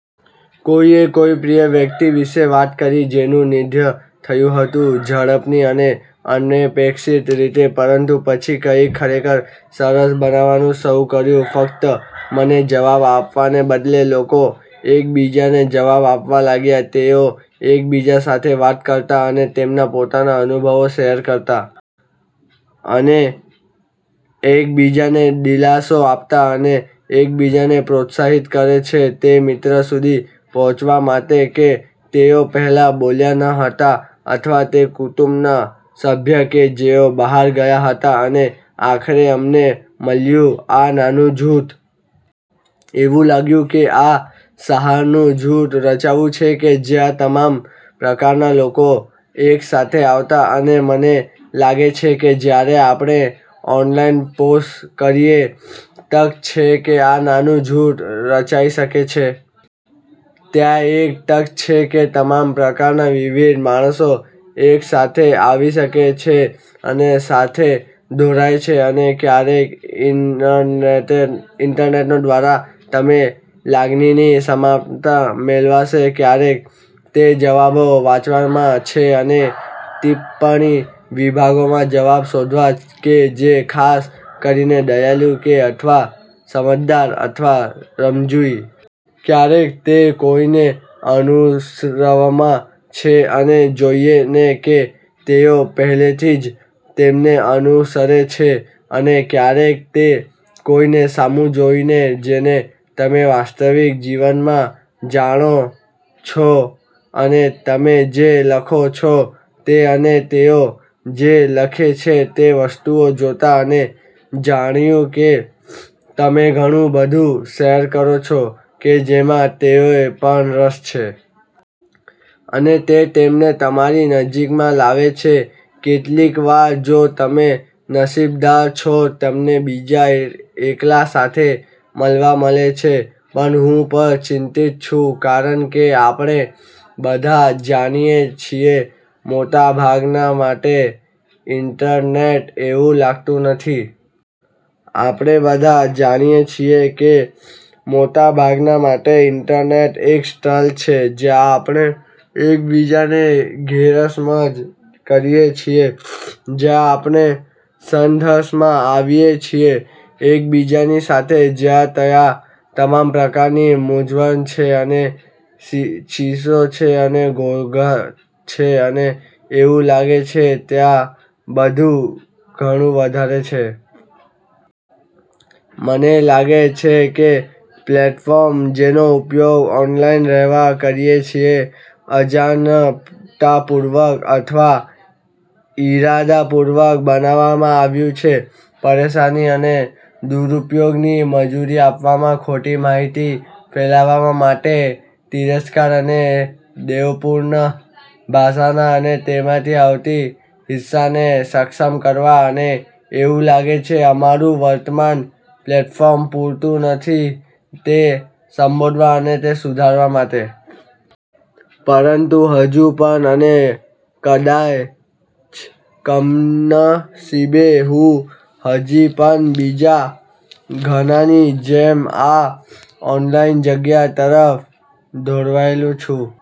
કોઈએ કોઈ પ્રિય વ્યક્તિ વિશે વાત કરી જેનું નિધન થયું હતું ઝડપથી અને અનપેક્ષિત રીતે. પરંતુ પછી કંઈક ખરેખર સરસ બનવાનું શરૂ કર્યું ફક્ત મને જવાબ આપવાને બદલે. લોકો એકબીજાને જવાબ આપવા લાગ્યા, તેઓ એકબીજા સાથે વાત કરતાં અને તેમના પોતાના અનુભવો શેર કરતાં. અને એકબીજાને દિલાસો આપતાં. અને એકબીજાને પ્રોત્સાહિત કરે છે તે મિત્ર સુધી પહોંચવા માટે કે તેઓ પહેલાં બોલ્યા ન હતા અથવા તે કુટુંબના સભ્ય કે જેઓ બહાર ગયાં હતાં. અને આખરે અમને મળ્યું આ નાનું જૂથ. એવું લાગ્યું કે આ સહારાનું જૂથ રચાયું છે કે જ્યાં તમામ પ્રકારના લોકો એકસાથે આવતા. અને મને લાગે છે કે જ્યારે આપણે ઓનલાઇન પોસ્ટ કરીએ, તક છે કે આ નાનું જૂથ રચાઈ શકે છે. ત્યાં એક તક છે કે તમામ પ્રકારના વિવિધ માણસો એકસાથે આવી શકે છે અને સાથે દોરાય છે. અને ક્યારેક ઇન્ટરનેટનો દ્વારા તમે લાગણીની સમાનતા મેળવશો. ક્યારેક તે જવાબો વાંચવામાં છે. અને ટિપ્પણી વિભાગોમાં જવાબ શોધવા કે જે ખાસ કરીને દયાળુ છે અથવા સમજદાર અથવા રમુજી. ક્યારેક તે કોઈને અનુસરવામાં છે. અને જોઈને કે તેઓ પહેલેથી જ તમને અનુસરે છે. અને ક્યારેક તે કોઈની સામું જોઈને જેને તમે વાસ્તવિક જીવનમાં જાણો છો અને તમે જે લખો છો તે અને તેઓ જે લખે છે તે વસ્તુઓ જોતાં અને જાણ્યું કે તમે ઘણું બધું શેર કરો છો કે જેમાં તેઓને પણ રસ છે. અને તે તેમને તમારી નજીકમાં લાવે છે. કેટલીકવાર, જો તમે નસીબદાર છો, તમને બીજા એકલાં સાથે મળવા મળે છે. પણ હું પણ ચિંતિત છું કારણકે આપણે બધા જાણીએ છીએ મોટાભાગના માટે ઇન્ટરનેટ એવું લાગતું નથી. આપણે બધા જાણીએ છીએ કે મોટાભાગના માટે ઇન્ટરનેટ એક સ્થળ છે જ્યાં આપણે એકબીજાને ગેરસમજ કરીએ છીએ, જ્યાં આપણે સંઘર્ષમાં આવીએ છીએ એકબીજાની સાથે, જ્યાં ત્યાં તમામ પ્રકારની મૂંઝવણ છે અને ચીસો છે અને ઘોંઘાટ છે અને એવું લાગે છે ત્યાં બધું ઘણું વધારે છે. મને લાગે છે કે પ્લેટફોર્મ જેનો ઉપયોગ ઓનલાઇન રહેવા કરીએ છીએ અજાણતાંપૂર્વક અથવા ઇરાદાપૂર્વક બનાવવામાં આવ્યું છે. પરેશાની અને દુરૂપયોગની મંજૂરી આપવા ખોટી માહિતી ફેલાવવા માટે, તિરસ્કાર અને દ્વેવપૂર્ણ ભાષણ અને તેમાંથી આવતી હિંસાને સક્ષમ કરવાં અને એવું લાગે છે અમારું વર્તમાન પ્લેટફોર્મ પૂરતૂં નથી તે સંબોધવા અને તે સુધારવા માટે. પરંતુ હજુ પણ અને કદાચ કમનસીબે, હું હજી પણ બીજા ઘણાની જેમ આ ઓનલાઇન જગ્યા તરફ દોરવાયેલ છું.